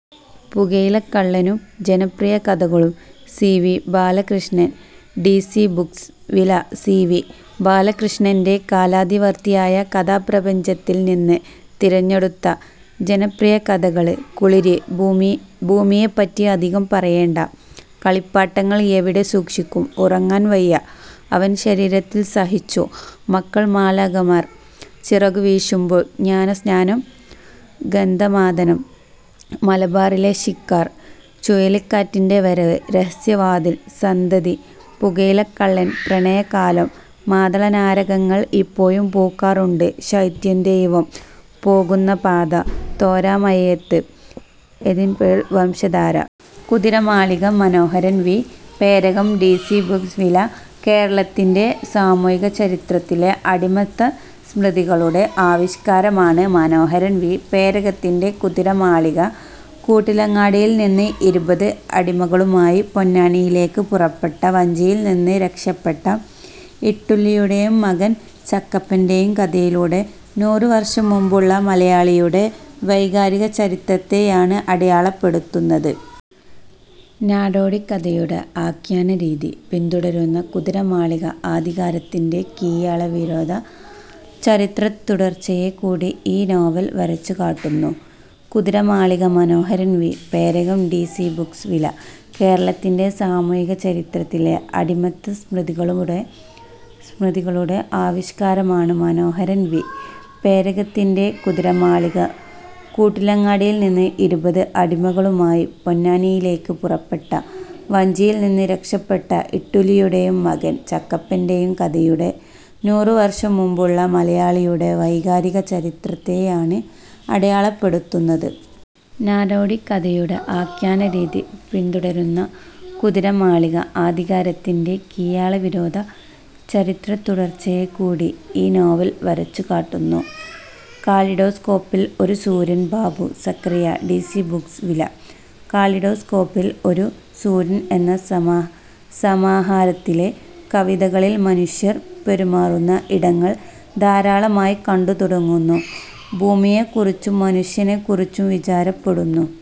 പുകയിലക്കള്ളനും ജനപ്രിയകഥകളും C. V. Balakrishnan D C Books വില: C. V. ബാലകൃഷ്ണന്റെ കാലാതിവർത്തിയായ കഥാപ്രപഞ്ചത്തിൽ നിന്ന് തിരഞ്ഞെടുത്ത ജനപ്രിയകഥകള്. കുളിര്, ഭൂമിയെപ്പറ്റി അധികം പറയേണ്ട, കളിപ്പാട്ടങ്ങൾ എവിടെ സൂക്ഷിക്കും, ഉറങ്ങാൻ വയ്യ, അവൻ ശരീരത്തിൽ സഹിച്ചു, മക്കൾ, മാലാഖമാർ ചിറകുവീശുമ്പോൾ, ജ്ഞാനസ്നാനം, ഗന്ധമാദനം, മലബാറിലെ ശിക്കാർ, ചുഴലിക്കാറ്റിൻ്റെ വരവ്, രഹസ്യവാതിൽ, സന്തതി, പുകയിലക്കള്ളൻ, പ്രണയകാലം, മാതളനാരകങ്ങൾ ഇപ്പോഴും പൂക്കാറുണ്ട്, ശൈത്യം, ദൈവം പോകുന്ന പാത, തോരാമഴയത്ത്, Edwin Paul, Vamsadhara. Kuthiramalika Manoharan V. Perakam D C Books വില: കേരളത്തിന്റെ സാമൂഹിക ചരിത്രത്തിലെ അടിമത്തസ്മൃതികളുടെ ആവിഷ്കാരമാണ് മനോഹരൻ വി. പേരകത്തിന്റെ 'കുതിരമാളിക'. കൂട്ടിലങ്ങാടിയിൽനിന്ന് ഇരുപത് അടിമകളുമായി പൊന്നാനിയിലേക്ക് പുറപ്പെട്ട വഞ്ചിയിൽനിന്ന് രക്ഷപ്പെട്ട ഇട്ടൂലിയുടെയും മകൻ ചക്കപ്പൻ്റെയും കഥയിലൂടെ, നൂറു വർഷം മുമ്പുള്ള മലയാളിയുടെ വൈകാരിക ചരിത്രത്തെയാണ് അടയാളപ്പെടുത്തുന്നത്. നാടോടിക്കഥയുടെ ആഖ്യാനരീതി പിന്തുടരുന്ന 'കുതിരമാളിക', അധികാരത്തിന്റെ കീഴാളവിരോധ ചരിത്രത്തുടർച്ചയെക്കൂടി ഈ നോവൽ വരച്ചുകാട്ടുന്നു. Kuthiramalika Manoharan V. Perakam D C Books വില: കേരളത്തിന്റെ സാമൂഹിക ചരിത്രത്തിലെ അടിമത്തസ്മൃതികളുടെ ആവിഷ്കാരമാണ് മനോഹരൻ വി. പേരകത്തിന്റെ 'കുതിരമാളിക'. കൂട്ടിലങ്ങാടിയിൽനിന്ന് ഇരുപത് അടിമകളുമായി പൊന്നാനിയിലേക്ക് പുറപ്പെട്ട വഞ്ചിയിൽനിന്ന് രക്ഷപ്പെട്ട ഇട്ടൂലിയുടെയും മകൻ ചക്കപ്പൻ്റെയും കഥയിലൂടെ, നൂറു വർഷം മുമ്പുള്ള മലയാളിയുടെ വൈകാരിക ചരിത്രത്തെയാണ് അടയാളപ്പെടുത്തുന്നത്. നാടോടിക്കഥയുടെ ആഖ്യാനരീതി പിന്തുടരുന്ന 'കുതിരമാളിക', അധികാരത്തിന്റെ കീഴാളവിരോധ ചരിത്രത്തുടർച്ചയെക്കൂടി ഈ നോവൽ വരച്ചുകാട്ടുന്നു. കാലിഡോസ്കോപ്പിൽ ഒരു സൂര്യൻ Babu Zacharia D C Books വില: ''കാലിഡോസ്കോപ്പിൽ ഒരു സൂര്യൻ എന്ന സമാഹാരത്തിലെ കവിതകളിൽ മനുഷ്യർ പെരുമാറുന്ന ഇടങ്ങൾ ധാരാളമായി കണ്ടുതുടങ്ങുന്നു. ഭൂമിയെക്കുറിച്ചും മനുഷ്യനെക്കുറിച്ചും വിചാരപ്പെടുന്നു.